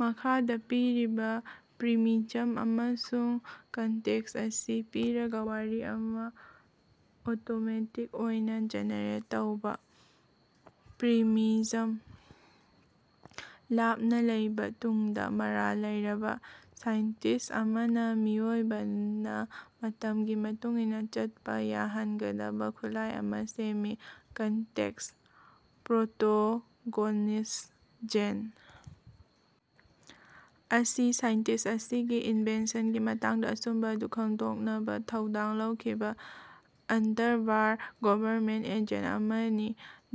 ꯃꯈꯥꯗ ꯄꯤꯔꯤꯕ ꯄ꯭ꯔꯤꯃꯤꯖꯝ ꯑꯃꯁꯨꯡ ꯀꯟꯇꯦꯛꯁ ꯑꯁꯤ ꯄꯤꯔꯒ ꯋꯥꯔꯤ ꯑꯃ ꯑꯣꯇꯣꯃꯦꯇꯤꯛ ꯑꯣꯏꯅ ꯖꯦꯅꯦꯔꯦꯠ ꯇꯧꯕ꯫ ꯄ꯭ꯔꯤꯃꯤꯖꯝ: ꯂꯥꯞꯅ ꯂꯩꯕ ꯇꯨꯡꯗ, ꯃꯔꯥꯜ ꯂꯩꯔꯕ ꯁꯥꯏꯟꯇꯤꯁꯠ ꯑꯃꯅ ꯃꯤꯑꯣꯏꯕꯅ ꯃꯇꯝꯒꯤ ꯃꯇꯨꯡ ꯏꯟꯅ ꯆꯠꯄ ꯌꯥꯍꯟꯒꯗꯕ ꯈꯨꯠꯂꯥꯏ ꯑꯃ ꯁꯦꯝꯃꯤ꯫ ꯀꯟꯇꯦꯛꯁ: ꯄ꯭ꯔꯣꯇꯣꯒꯣꯅꯤꯁꯇ ꯖꯣꯟ ꯑꯁꯤ ꯁꯥꯏꯟꯇꯤꯁꯠ ꯑꯁꯤꯒꯤ ꯏꯟꯚꯦꯟꯁꯟꯒꯤ ꯃꯇꯥꯡꯗ ꯑꯆꯨꯝꯕ ꯑꯗꯨ ꯈꯪꯗꯣꯛꯅꯕ ꯊꯧꯗꯥꯡ ꯂꯧꯈꯤꯕ ꯑꯟꯗꯔꯛꯚꯥꯔ ꯒꯕꯔꯅꯃꯦꯟꯇ ꯑꯦꯖꯦꯟꯇ ꯑꯃꯅꯤ꯫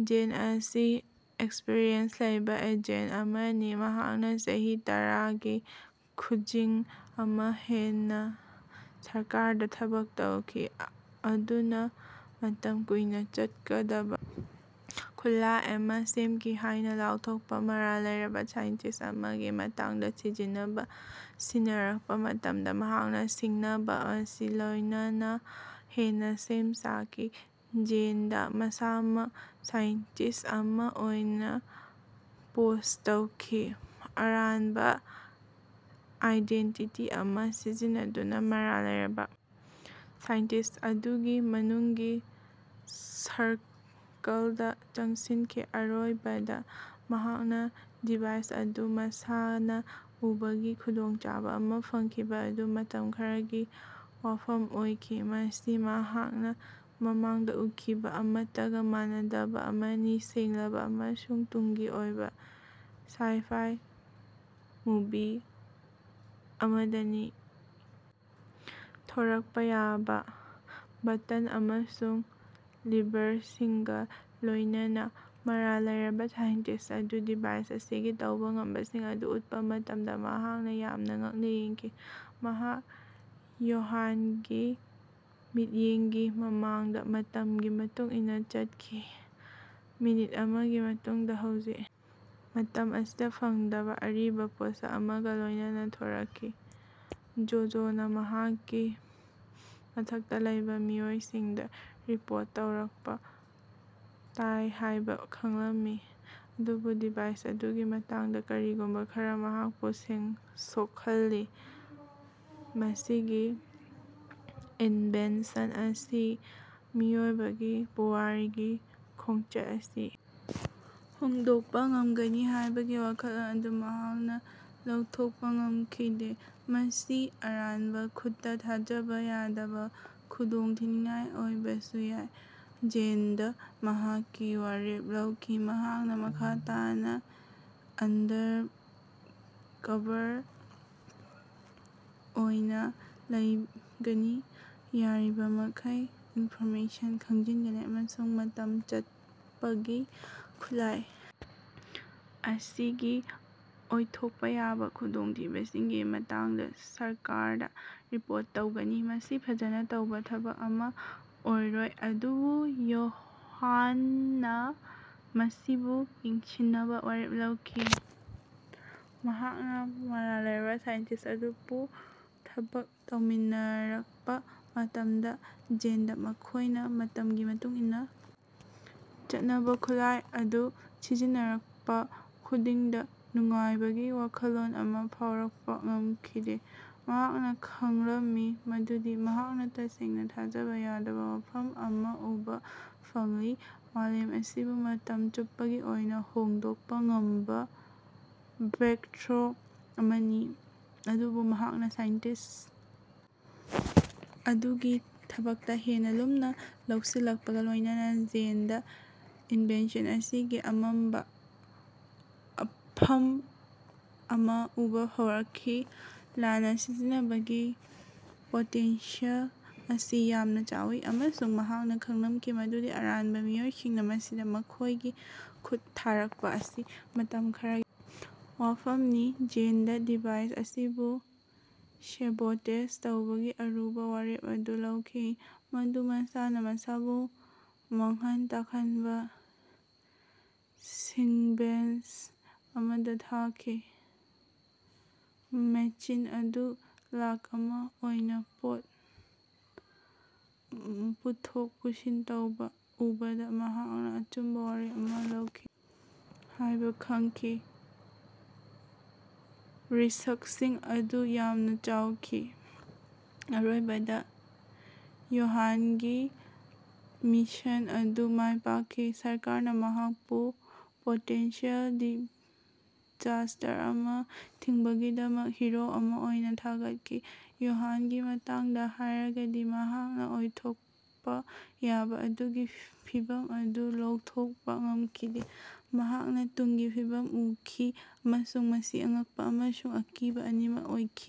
ꯖꯣꯟ ꯑꯁꯤ ꯑꯦꯛꯁꯄꯔꯤꯌꯦꯟꯁ ꯂꯩꯕ ꯑꯦꯖꯦꯟꯇ ꯑꯃꯅꯤ, ꯃꯍꯥꯛꯅ ꯆꯍꯤ ꯇꯔꯒꯤ ꯈꯨꯖꯤꯡ ꯑꯃ ꯍꯦꯟꯅ ꯁꯔꯀꯥꯔꯗ ꯊꯕꯛ ꯇꯧꯈꯤ꯫ ꯑꯗꯨꯅ ꯃꯇꯝ ꯀꯨꯏꯅ ꯆꯠꯀꯗꯕ ꯈꯨꯠꯂꯥꯏ ꯑꯃ ꯁꯦꯝꯈꯤ ꯍꯥꯏꯅ ꯂꯥꯎꯊꯣꯛꯄ ꯃꯔꯥꯜ ꯂꯩꯔꯕ ꯁꯥꯏꯟꯇꯤꯁꯠ ꯑꯃꯒꯤ ꯃꯇꯥꯡꯗ ꯊꯤꯖꯤꯟꯅꯕ ꯁꯤꯟꯅꯔꯛꯄ ꯃꯇꯝꯗ ꯃꯍꯥꯛꯅ ꯁꯤꯡꯅꯕ ꯑꯁꯤ ꯂꯧꯅꯕ ꯍꯦꯟꯅ ꯁꯦꯝ ꯁꯥꯈꯤ꯫ ꯖꯣꯟꯗ ꯃꯁꯥꯃꯛ ꯁꯥꯏꯟꯇꯤꯁꯠ ꯑꯃ ꯑꯣꯏꯅ ꯄꯣꯖ ꯇꯧꯈꯤ, ꯑꯔꯥꯟꯕ ꯑꯥꯏꯗꯦꯟꯇꯤꯇꯤ ꯑꯃ ꯁꯤꯖꯤꯟꯅꯗꯨꯅ ꯃꯔꯥꯜ ꯂꯩꯔꯕ ꯁꯥꯏꯟꯇꯤꯁꯠ ꯑꯗꯨꯒꯤ ꯃꯅꯨꯡꯒꯤ ꯁꯔꯀꯂꯗ ꯆꯪꯁꯤꯟꯈꯤ꯫ ꯑꯔꯣꯏꯕꯗ ꯃꯍꯥꯛꯅ ꯗꯤꯚꯥꯏꯁ ꯑꯗꯨ ꯃꯁꯥꯅ ꯎꯕꯒꯤ ꯈꯨꯗꯣꯡꯆꯥꯕ ꯑꯃ ꯐꯪꯈꯤꯕ ꯑꯗꯨ ꯃꯇꯝ ꯈꯔꯒꯤ ꯋꯥꯐꯝ ꯑꯣꯏꯈꯤ꯫ ꯃꯁꯤ ꯃꯍꯥꯛꯅ ꯃꯃꯥꯡꯗ ꯎꯈꯤꯕ ꯑꯃꯠꯇꯒ ꯃꯥꯟꯅꯗꯕ ꯑꯃꯅꯤ- ꯁꯦꯡꯂꯕ ꯑꯃꯁꯨꯡ ꯇꯨꯡꯒꯤ ꯑꯣꯏꯕ, ꯁꯥꯏ-ꯐꯥꯏ ꯃꯨꯚꯤ ꯑꯃꯗꯒꯤ ꯊꯣꯔꯛꯄ ꯌꯥꯕ ꯕꯇꯟ ꯑꯃꯁꯨꯡ ꯂꯤꯚꯔꯁꯤꯡꯒ ꯂꯣꯏꯅꯅꯥ꯫ ꯃꯔꯥꯜ ꯂꯩꯔꯕꯥ ꯁꯥꯏꯟꯇꯤꯁꯠ ꯑꯗꯨꯅ ꯗꯤꯚꯥꯏꯁ ꯑꯁꯤꯒꯤ ꯇꯧꯕ ꯉꯝꯕꯁꯤꯡ ꯑꯗꯨ ꯎꯠꯄ ꯃꯇꯝꯗ ꯃꯍꯥꯛꯅ ꯌꯥꯝꯅ ꯉꯛꯅ ꯌꯦꯡꯈꯤ꯫ ꯃꯍꯥꯛ ꯌꯣꯍꯥꯟꯒꯤ ꯃꯤꯠꯌꯦꯡꯒꯤ ꯃꯃꯥꯡꯗ ꯃꯇꯝꯒꯤ ꯃꯇꯨꯡ ꯏꯟꯅ ꯆꯠꯈꯤ, ꯃꯤꯅꯤꯠ ꯑꯃꯒꯤ ꯃꯇꯨꯡꯗ ꯍꯧꯖꯤꯛ ꯃꯇꯝ ꯑꯁꯤꯗ ꯐꯪꯗꯕ ꯑꯔꯤꯕ ꯄꯣꯠꯁꯛ ꯑꯃꯒ ꯂꯣꯏꯅꯅ ꯊꯣꯔꯛꯈꯤ꯫ ꯖꯣꯖꯣꯅ ꯃꯍꯥꯛꯀꯤ ꯃꯊꯛꯇ ꯂꯩꯕ ꯃꯤꯑꯣꯏꯁꯤꯡꯗ ꯔꯤꯄꯣꯔꯠ ꯇꯧꯔꯛꯄ ꯇꯥꯏ ꯍꯥꯏꯕ ꯈꯪꯂꯝꯏ ꯑꯗꯨꯕꯨ ꯗꯤꯚꯥꯏꯁ ꯑꯗꯨꯒꯤ ꯃꯇꯥꯡꯗ ꯀꯔꯤꯒꯨꯝꯕ ꯈꯔꯥ ꯃꯍꯥꯛꯄꯨ ꯁꯣꯛꯍꯜꯂꯤ꯫ ꯃꯁꯤꯒꯤ ꯏꯟꯚꯦꯟꯁꯟ ꯑꯁꯤꯅ ꯃꯤꯑꯣꯏꯕꯒꯤ ꯄꯨꯋꯥꯔꯤꯒꯤ ꯈꯣꯡꯆꯠ ꯑꯁꯤ ꯍꯣꯡꯗꯣꯛꯄ ꯉꯝꯒꯅꯤ ꯍꯥꯏꯕꯒꯤ ꯋꯥꯈꯜꯂꯣꯟ ꯑꯗꯨ ꯃꯍꯥꯛꯅ ꯂꯧꯊꯣꯛꯄ ꯉꯝꯈꯤꯗꯦ꯫ ꯃꯁꯤ ꯑꯔꯥꯟꯕ ꯈꯨꯠꯇ ꯊꯥꯖꯕ ꯌꯥꯗꯕ ꯈꯨꯗꯣꯡꯊꯤꯅꯤꯡꯉꯥꯏ ꯑꯣꯏꯕꯁꯨ ꯌꯥꯏ꯫ ꯖꯣꯟꯗ ꯃꯍꯥꯛꯀꯤ ꯋꯥꯔꯦꯞ ꯂꯧꯈꯤ- ꯃꯍꯥꯛꯅ ꯃꯈꯥ ꯇꯥꯅ ꯑꯟꯗꯔꯀꯚꯥꯔ ꯑꯣꯏꯅ ꯂꯩꯒꯅꯤ, ꯌꯥꯔꯤꯕꯃꯈꯩ ꯏꯟꯐꯣꯔꯃꯦꯁꯟ ꯈꯣꯝꯖꯤꯟꯒꯅꯤ, ꯑꯃꯁꯨꯡ ꯃꯇꯝ ꯆꯠꯄꯒꯤ ꯈꯨꯠꯂꯥꯏ ꯑꯁꯤꯒꯤ ꯑꯣꯏꯊꯣꯛꯄ ꯌꯥꯕ ꯈꯨꯗꯣꯡꯊꯤꯕꯁꯤꯡꯒꯤ ꯃꯇꯥꯡꯗ ꯁꯔꯀꯥꯔꯗ ꯔꯤꯄꯣꯔꯠ ꯇꯧꯒꯅꯤ꯫ ꯃꯁꯤ ꯐꯖꯅ ꯇꯧꯕ ꯊꯕꯛ ꯑꯃ ꯑꯣꯏꯔꯣꯏ, ꯑꯗꯨꯕꯨ ꯌꯣꯍꯥꯟꯅ ꯃꯁꯤꯕꯨ ꯌꯦꯡꯁꯤꯟꯅꯕ ꯋꯥꯔꯦꯞ ꯂꯧꯈꯤ꯫ ꯃꯍꯥꯛꯅ ꯃꯔꯥꯜ ꯂꯩꯔꯕ ꯁꯥꯏꯟꯇꯤꯁꯠ ꯑꯗꯨꯒ ꯊꯕꯛ ꯇꯧꯃꯤꯟꯅꯔꯛꯄ ꯃꯇꯝꯗ, ꯖꯣꯟꯗ ꯃꯈꯣꯏꯅ ꯃꯇꯝꯒꯤ ꯃꯇꯨꯡ ꯏꯟꯅ ꯆꯠꯅꯕ ꯈꯨꯠꯂꯥꯏ ꯑꯗꯨ ꯁꯤꯖꯤꯟꯅꯔꯛꯄ ꯈꯨꯗꯤꯡꯗ ꯅꯨꯡꯉꯥꯏꯕꯒꯤ ꯋꯥꯈꯜꯂꯣꯟ ꯑꯃ ꯐꯥꯎꯔꯛꯄꯥ ꯉꯝꯈꯤꯗꯦ꯫ ꯃꯍꯥꯛꯅ ꯈꯪꯂꯃꯏ ꯃꯗꯨꯗꯤ ꯃꯍꯥꯛꯅ ꯇꯁꯦꯡꯅ ꯊꯥꯖꯕ ꯌꯥꯗꯕ ꯋꯥꯐꯝ ꯑꯃ ꯎꯕ ꯐꯪꯂꯤ- ꯃꯥꯂꯦꯝ ꯑꯁꯤꯕꯨ ꯃꯇꯝ ꯆꯨꯞꯄꯒꯤ ꯑꯣꯏꯅ ꯍꯣꯡꯗꯣꯛꯄ ꯉꯝꯕ ꯕ꯭ꯔꯦꯛꯊ꯭ꯔꯣ ꯑꯃꯅꯤ꯫ ꯑꯗꯨꯕꯨ ꯃꯍꯥꯛꯅ ꯁꯥꯏꯟꯇꯤꯁꯠ ꯑꯗꯨꯒꯤ ꯊꯕꯛꯇ ꯍꯦꯟꯅ ꯂꯨꯝꯅ ꯂꯧꯁꯤꯜꯂꯛꯄꯒ ꯂꯣꯏꯅꯅꯥ ꯖꯣꯟꯗ ꯏꯟꯚꯦꯟꯁꯟ ꯑꯁꯤꯒꯤ ꯑꯃꯝꯕ ꯃꯐꯝ ꯑꯃ ꯎꯕ ꯍꯧꯔꯛꯈꯤ꯫ ꯂꯥꯟꯅ ꯁꯤꯖꯤꯟꯅꯕꯒꯤ ꯄꯣꯇꯦꯟꯁꯤꯌꯦꯜ ꯑꯁꯤ ꯌꯥꯝꯅ ꯆꯥꯎꯏ, ꯑꯃꯁꯨꯡ ꯃꯍꯥꯛꯅ ꯈꯪꯂꯝꯈꯤ ꯃꯗꯨꯗꯤ ꯑꯔꯥꯟꯕ ꯃꯤꯑꯣꯏꯁꯤꯡꯅ ꯃꯁꯤꯗ ꯃꯈꯣꯏꯒꯤ ꯈꯨꯠ ꯊꯥꯔꯛꯄ ꯑꯁꯤ ꯃꯇꯝ ꯈꯔꯒꯤ ꯋꯥꯐꯝꯅꯤ꯫ ꯖꯣꯟꯗ ꯗꯤꯚꯥꯏꯁ ꯑꯁꯤꯕꯨ ꯁꯦꯕꯣꯇꯦꯖ ꯇꯧꯕꯒꯤ ꯑꯔꯨꯕ ꯋꯥꯔꯦꯞ ꯑꯗꯨ ꯂꯧꯈꯤ, ꯃꯗꯨ ꯃꯁꯥꯅ ꯃꯁꯥꯕꯨ ꯃꯥꯡꯍꯟ ꯇꯥꯛꯍꯟꯕ ꯁꯤꯛꯕꯦꯟꯁ ꯑꯃꯗ ꯊꯥꯈꯤ꯫ ꯃꯦꯁꯤꯟ ꯑꯗꯨ ꯂꯥꯈ ꯑꯃ ꯑꯣꯏꯅ ꯄꯣꯠ ꯄꯨꯊꯣꯛ ꯄꯨꯁꯤꯟ ꯇꯧꯕ ꯎꯕꯗ ꯃꯍꯥꯛꯅ ꯑꯆꯨꯝꯕ ꯋꯥꯔꯦꯞ ꯑꯃ ꯂꯧꯈꯤ ꯍꯥꯏꯕ ꯈꯪꯈꯤ꯫ ꯔꯤꯁꯛꯁꯤꯡ ꯑꯗꯨ ꯌꯥꯝꯅ ꯆꯥꯎꯈꯤ꯫ ꯑꯔꯣꯏꯕꯗ ꯌꯣꯍꯥꯟꯒꯤ ꯃꯤꯁꯟ ꯑꯗꯨ ꯃꯥꯏꯄꯥꯛꯈꯤ꯫ ꯁꯔꯀꯥꯔꯅ ꯃꯍꯥꯛꯄꯨ ꯄꯣꯇꯦꯟꯁꯤꯌꯦꯜ ꯗꯤꯖꯥꯁꯇꯔ ꯑꯃ ꯊꯤꯡꯕꯒꯤꯗꯃꯛ ꯍꯤꯔꯣ ꯑꯃ ꯑꯣꯏꯅ ꯊꯥꯒꯠꯈꯤ꯫ ꯌꯣꯍꯥꯟꯒꯤ ꯃꯇꯥꯡꯗ ꯍꯥꯏꯔꯒꯗꯤ, ꯃꯍꯥꯛꯅ ꯑꯣꯏꯊꯣꯛꯄ ꯌꯥꯕ ꯑꯗꯨꯒꯤ ꯐꯤꯚꯝ ꯑꯗꯨ ꯂꯧꯊꯣꯛꯄ ꯉꯝꯈꯤꯗꯦ꯫ ꯃꯍꯥꯛꯅ ꯇꯨꯡꯒꯤ ꯐꯤꯕꯝ ꯎꯈꯤ- ꯑꯃꯁꯨꯡ ꯃꯁꯤ ꯑꯉꯛꯄꯥ ꯑꯃꯁꯨꯡ ꯑꯀꯤꯕ ꯑꯅꯤꯃꯛ ꯑꯣꯏꯈꯤ꯫।